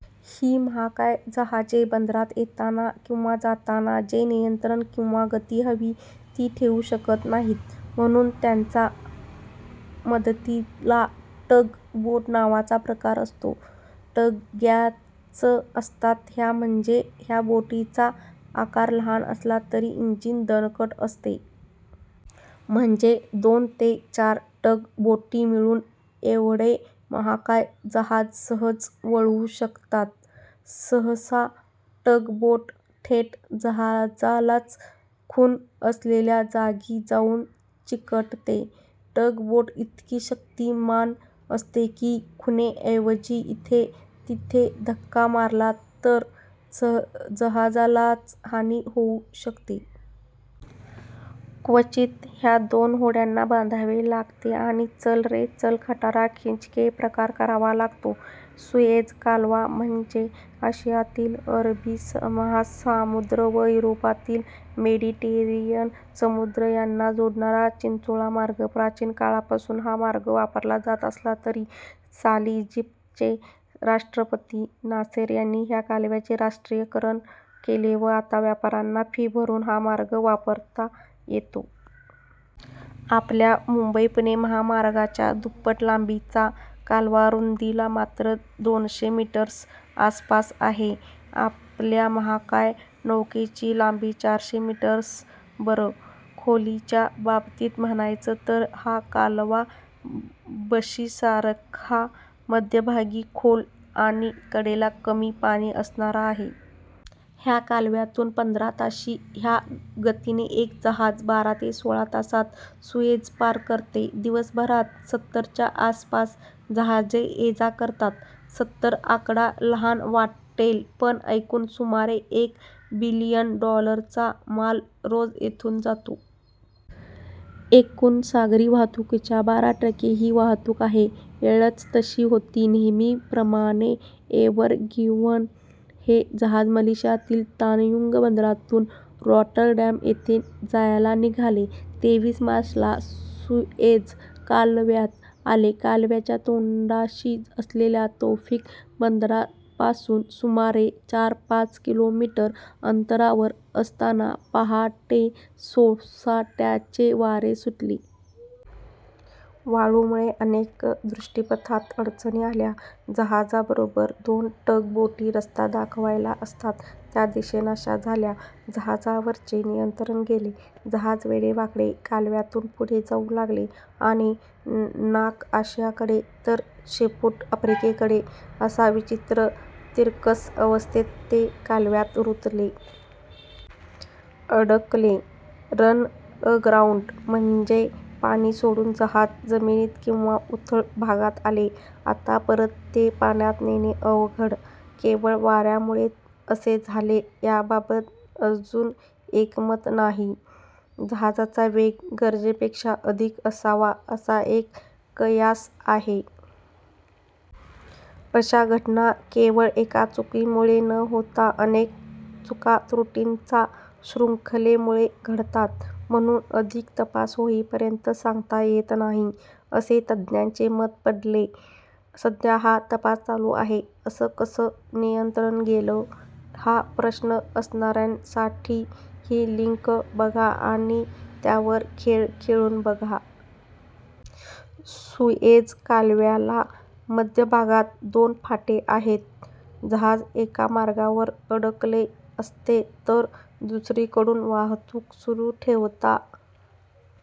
ही महाकाय जहाजे बंदरात येताना किंवा जाताना जे नियंत्रण किंवा गती हवी ती ठेवू शकत नाहीत. म्हणून त्यांचा मदतीला टग बोट नावाचा प्रकार असतो. टग्याच असतात ह्या म्हणजे ह्या बोटीचा आकार लहान असला तरी इंजिन दणकट असते. म्हणजे दोन ते चार टग बोटी मिळून एवढे महाकाय जहाज सहज वळवू शकतात. सहसा टग बोट थेट जहाजालाच खूण असलेल्या जागी जाऊन चिकटते. टग बोट इतकी शक्तिमान असते की खुणेऐवजी इथे तिथे धक्का मारला तर जहाजालाच हानी होऊ शकते. क्वचित ह्या दोन होड्यांना बांधावे लागते आणि 'चल ले चल खटारा खिंच के' प्रकार करावा लागतो. सुएझ कालवा म्हणजे आशियातील अरबी महासामुद्र व युरोपातील मेडीटेरेनियन समुद्र यांना जोडणारा चिंचोळा मार्ग. प्राचीन काळापासून हा मार्ग वापरला जात असला तरी साली ईजिप्तचे राष्ट्रपती नासेर यांनी ह्या कालव्याचे राष्ट्रीयकरण केले व आता व्यापाऱ्यांना फी भरून हा मार्ग वापरता येतो. आपल्या मुंबई-पुणे महामार्गाच्या दुप्पट लांबीचा कालवा रुंदीला मात्र दोनशे मीटर्स आसपास आहे. आपल्या महाकाय नौकेची लांबी चारशे मीटर्स बरं! खोलीच्या बाबतीत म्हणायचं तर हा कालवा बशीसारखा मध्यभागी खोल आणि कडेला कमी पाणी असणारा आहे. ह्या कालव्यातून पंधरा ताशी ह्या गतीने एक जहाज बारा ते सोळा तासात सुएझ पार करते. दिवसभरात सत्तर च्या आसपास जहाजे ये-जा करतात. सत्तर आकडा लहान वाटेल पण एकूण सुमारे एक बिलियन डॉलरचा माल रोज इथून जातो. एकूण सागरी वाहतूकीच्या बारा टक्के ही वाहतूक आहे. वेळच तशी होती नेहमीप्रमाणे एव्हरगिव्हन हे जहाज मलेशियातील तानयुंग बंदरातून रॉटरडॅम येथे जायला निघाले. तेवीस मार्च ला सुएझ कालव्यात आले। कालव्याच्या तोंडाशी असलेल्या तौफीक बंदरापासून सुमारे चार-पाच किलोमीटर अंतरावर असताना पहाटे सोसाट्याचे वारे सुटले. वाळूमुळे अनेक दृष्टीपथात अडचणी आल्या, जहाजाबरोबर दोन टग बोटी रस्ता दाखवायला असतात त्या दिसेनाशा झाल्या. जहाजावरचे नियंत्रण गेले. जहाज वेडेवाकडे कालव्यातून पुढे जाऊ लागले. आणि नाक आशियाकडे तर शेपूट आफ्रिकेकडे अशा विचित्र तिरकस अवस्थेत ते कालव्यात रुतले. अडकले. "रन अग्राउंड" म्हणजे पाणी सोडून जहाज जमिनीत किंवा उथळ भागात आले. आता परत ते पाण्यात नेणे अवघड!! केवळ वाऱ्यामुळे असे झाले याबाबत अजून एकमत नाही. जहाजाचा वेग गरजेपेक्षा अधिक असावा असा एक कयास आहे. अशा घटना केवळ एका चुकीमुळे न होता अनेक चूका-त्रुटींचा शृखंलेमुळे घडतात. म्हणून अधिक तपास होईपर्यंत सांगता येत नाही असे तज्ज्ञांचे मत पडले. सध्या हा तपास चालू आहे. "असं कसं नियंत्रण गेलं? " हा प्रश्न असणाऱ्यांसाठी ही लिंक बघा आणि त्यावर खेळ खेळून बघा. सुएझ कालव्याला मध्यभागात दोन फाटे आहेत. जहाज एका मार्गावर अडकले असते तर दुसरीकडून वाहतूक सुरू ठेवता